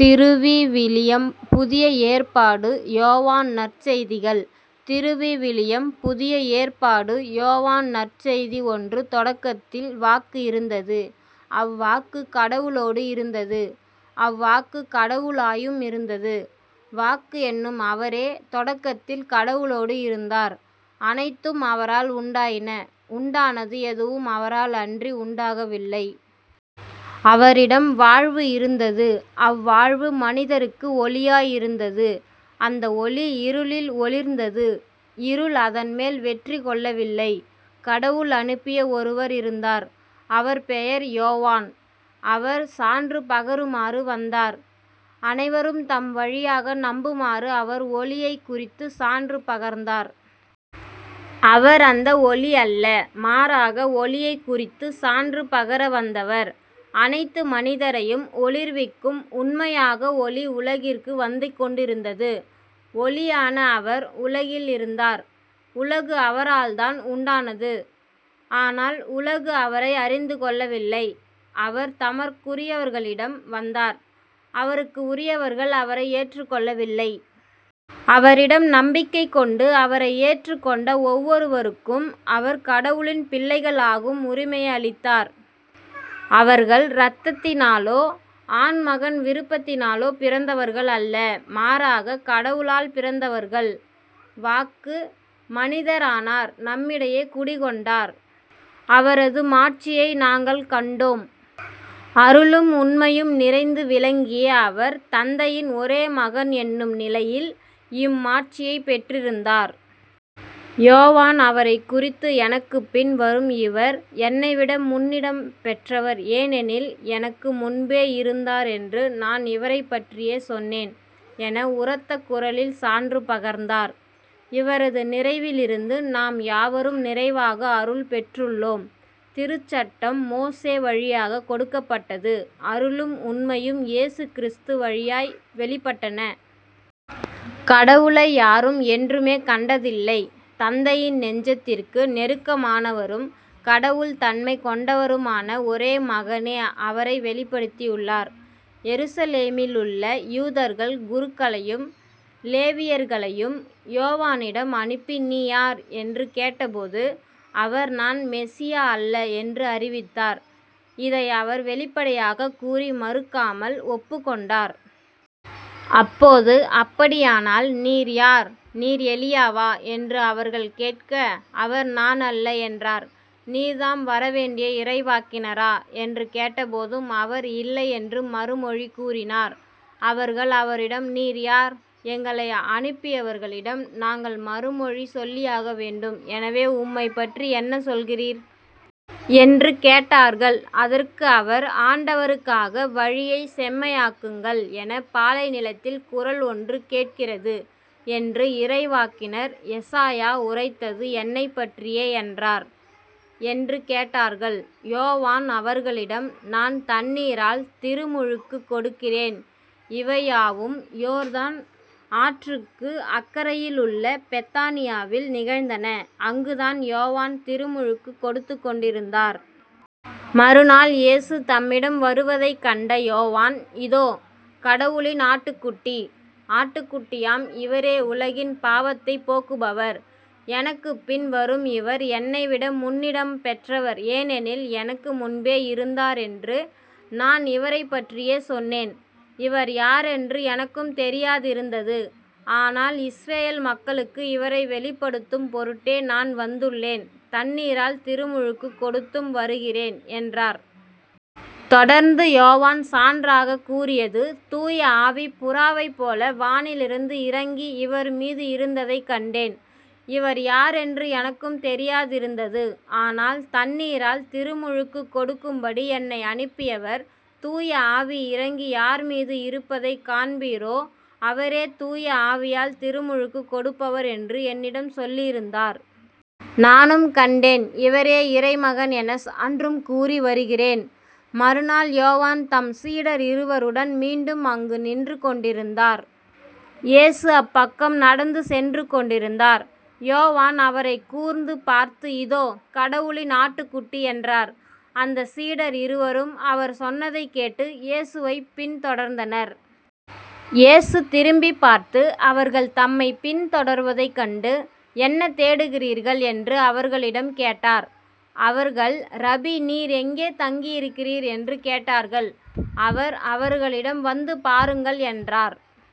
திருவிவிலியம் புதிய ஏற்பாடு யோவான் நற்செய்திகள் திருவிவிலியம் புதிய ஏற்பாடு யோவான் நற்செய்தி ஒன்று தொடக்கத்தில் வாக்கு இருந்தது. அவ்வாக்கு கடவுளோடு இருந்தது. அவ்வாக்கு கடவுளாயும் இருந்தது. வாக்கு என்னும் அவரே தொடக்கத்தில் கடவுளோடு இருந்தார். அனைத்தும் அவரால் உண்டாயின உண்டானது எதுவும் அவரால் அன்றி உண்டாகவில்லை. அவரிடம் வாழ்வு இருந்தது அவ்வாழ்வு மனிதருக்கு ஒளியாய் இருந்தது. அந்த ஒளி இருளில் ஒளிர்ந்தது இருள் அதன்மேல் வெற்றி கொள்ளவில்லை. கடவுள் அனுப்பிய ஒருவர் இருந்தார் அவர் பெயர் யோவான். அவர் சான்று பகருமாறு வந்தார். அனைவரும் தம் வழியாக நம்புமாறு அவர் ஒளியைக் குறித்துச் சான்று பகர்ந்தார். அவர் அந்த ஒளி அல்ல மாறாக ஒளியைக் குறித்துச் சான்று பகர வந்தவர். அனைத்து மனிதரையும் ஒளிர்விக்கும் உண்மையாக ஒளி உலகிற்கு வந்துகொண்டிருந்தது. ஒளியான அவர் உலகில் இருந்தார். உலகு அவரால்தான் உண்டானது. ஆனால் உலகு அவரை அறிந்து கொள்ளவில்லை. அவர் தமக்குரியவர்களிடம் வந்தார். அவருக்கு உரியவர்கள் அவரை ஏற்றுக்கொள்ளவில்லை. அவரிடம் நம்பிக்கை கொண்டு அவரை ஏற்றுக்கொண்ட ஒவ்வொருவருக்கும் அவர் கடவுளின் பிள்ளைகள் ஆகும் உரிமையை அளித்தார். அவர்கள் இரத்தத்தினாலோ ஆண்மகன் விருப்பத்தினாலோ பிறந்தவர்கள் அல்ல மாறாகக் கடவுளால் பிறந்தவர்கள். வாக்கு மனிதர் ஆனார் நம்மிடையே குடிகொண்டார். அவரது மாட்சியை நாங்கள் கண்டோம். அருளும் உண்மையும் நிறைந்து விளங்கிய அவர் தந்தையின் ஒரே மகன் என்னும் நிலையில் இம்மாட்சியைப் பெற்றிருந்தார். யோவான் அவரைக் குறித்து எனக்குப்பின் வரும் இவர் என்னைவிட முன்னிடம் பெற்றவர் ஏனெனில் எனக்கு முன்பே இருந்தார் என்று நான் இவரைப்பற்றியே சொன்னேன் என உரத்த குரலில் சான்று பகர்ந்தார். இவரது நிறைவிலிருந்து நாம் யாவரும் நிறைவாக அருள் பெற்றுள்ளோம். திருச்சட்டம் மோசே வழியாகக் கொடுக்கப்பட்டது அருளும் உண்மையும் இயேசு கிறிஸ்து வழியாய் வெளிப்பட்டன. கடவுளை யாரும் என்றுமே கண்டதில்லை தந்தையின் நெஞ்சத்திற்கு நெருக்கமானவரும் கடவுள் தன்மை கொண்டவருமான ஒரே மகனே அவரை வெளிப்படுத்தியுள்ளார். எருசலேமிலுள்ள யூதர்கள் குருக்களையும் லேவியர்களையும் யோவானிடம் அனுப்பி நீ யார்? என்று கேட்டபோது அவர் நான் மெசியா அல்ல என்று அறிவித்தார். இதை அவர் வெளிப்படையாகக் கூறி மறுக்காமல் ஒப்புக்கொண்டார். அப்போது அப்படியானால் நீர் யார்? நீர் எலியாவா? என்று அவர்கள் கேட்க அவர் நானல்ல என்றார். நீர் தாம் வர வேண்டிய இறைவாக்கினரா? என்று கேட்டபோதும் அவர் இல்லை என்று மறுமொழி கூறினார். அவர்கள் அவரிடம் நீர் யார்? எங்களை அனுப்பியவர்களிடம் நாங்கள் மறுமொழி சொல்லியாகவேண்டும் எனவே உம்மைப்பற்றி என்ன சொல்கிறீர்? என்று கேட்டார்கள். அதற்கு அவர் ஆண்டவருக்காக வழியைச் செம்மையாக்குங்கள் எனப் பாலைநிலத்தில் குரல் ஒன்று கேட்கிறது என்று இறைவாக்கினர் எசாயா உரைத்தது என்னைப்பற்றியே என்றார். என்று கேட்டார்கள். யோவான் அவர்களிடம் நான் தண்ணீரால் திருமுழுக்குக் கொடுக்கிறேன். இவையாவும் யோர்தான் ஆற்றுக்கு அக்கரையிலுள்ள பெத்தானியாவில் நிகழ்ந்தன. அங்குதான் யோவான் திருமுழுக்குக் கொடுத்துக் கொண்டிருந்தார். மறுநாள் இயேசு தம்மிடம் வருவதைக் கண்ட யோவான் இதோ. கடவுளின் ஆட்டுக்குட்டி. ஆட்டுக்குட்டியாம் இவரே உலகின் பாவத்தைப் போக்குபவர். எனக்குப்பின் வரும் இவர் என்னைவிட முன்னிடம் பெற்றவர் ஏனெனில் எனக்கு முன்பே இருந்தார் என்று நான் இவரைப்பற்றியே சொன்னேன். இவர் யாரென்று எனக்கும் தெரியாதிருந்தது. ஆனால் இஸ்ரயேல் மக்களுக்கு இவரை வெளிப்படுத்தும் பொருட்டே நான் வந்துள்ளேன் தண்ணீரால் திருமுழுக்குக் கொடுத்தும் வருகிறேன் என்றார். தொடர்ந்து யோவான் சான்றாகக் கூறியது தூய ஆவி புறாவைப்போல வானிலிருந்து இறங்கி இவர் மீது இருந்ததைக் கண்டேன். இவர் யாரென்று எனக்கும் தெரியாதிருந்தது. ஆனால் தண்ணீரால் திருமுழுக்குக் கொடுக்கும்படி என்னை அனுப்பியவர் தூய ஆவி இறங்கி யார்மீது இருப்பதைக் காண்பீரோ அவரே தூய ஆவியால் திருமுழுக்குக் கொடுப்பவர் என்று என்னிடம் சொல்லியிருந்தார். நானும் கண்டேன் இவரே இறைமகன் எனச் சான்றும் கூறி வருகிறேன். மறுநாள் யோவான் தம் சீடர் இருவருடன் மீண்டும் அங்கு நின்று கொண்டிருந்தார். இயேசு அப்பக்கம் நடந்து சென்று கொண்டிருந்தார். யோவான் அவரைக் கூர்ந்து பார்த்து இதோ. கடவுளின் ஆட்டுக்குட்டி என்றார். அந்தச் சீடர் இருவரும் அவர் சொன்னதைக் கேட்டு இயேசுவைப் பின் தொடர்ந்தனர். இயேசு திரும்பிப் பார்த்து அவர்கள் தம்மைப் பின் தொடர்வதைக் கண்டு "என்ன தேடுகிறீர்கள்? என்று அவர்களிடம் கேட்டார். அவர்கள் ரபி நீர் எங்கே தங்கியிருக்கிறீர்? என்று கேட்டார்கள். அவர் அவர்களிடம் வந்து பாருங்கள் என்றார்.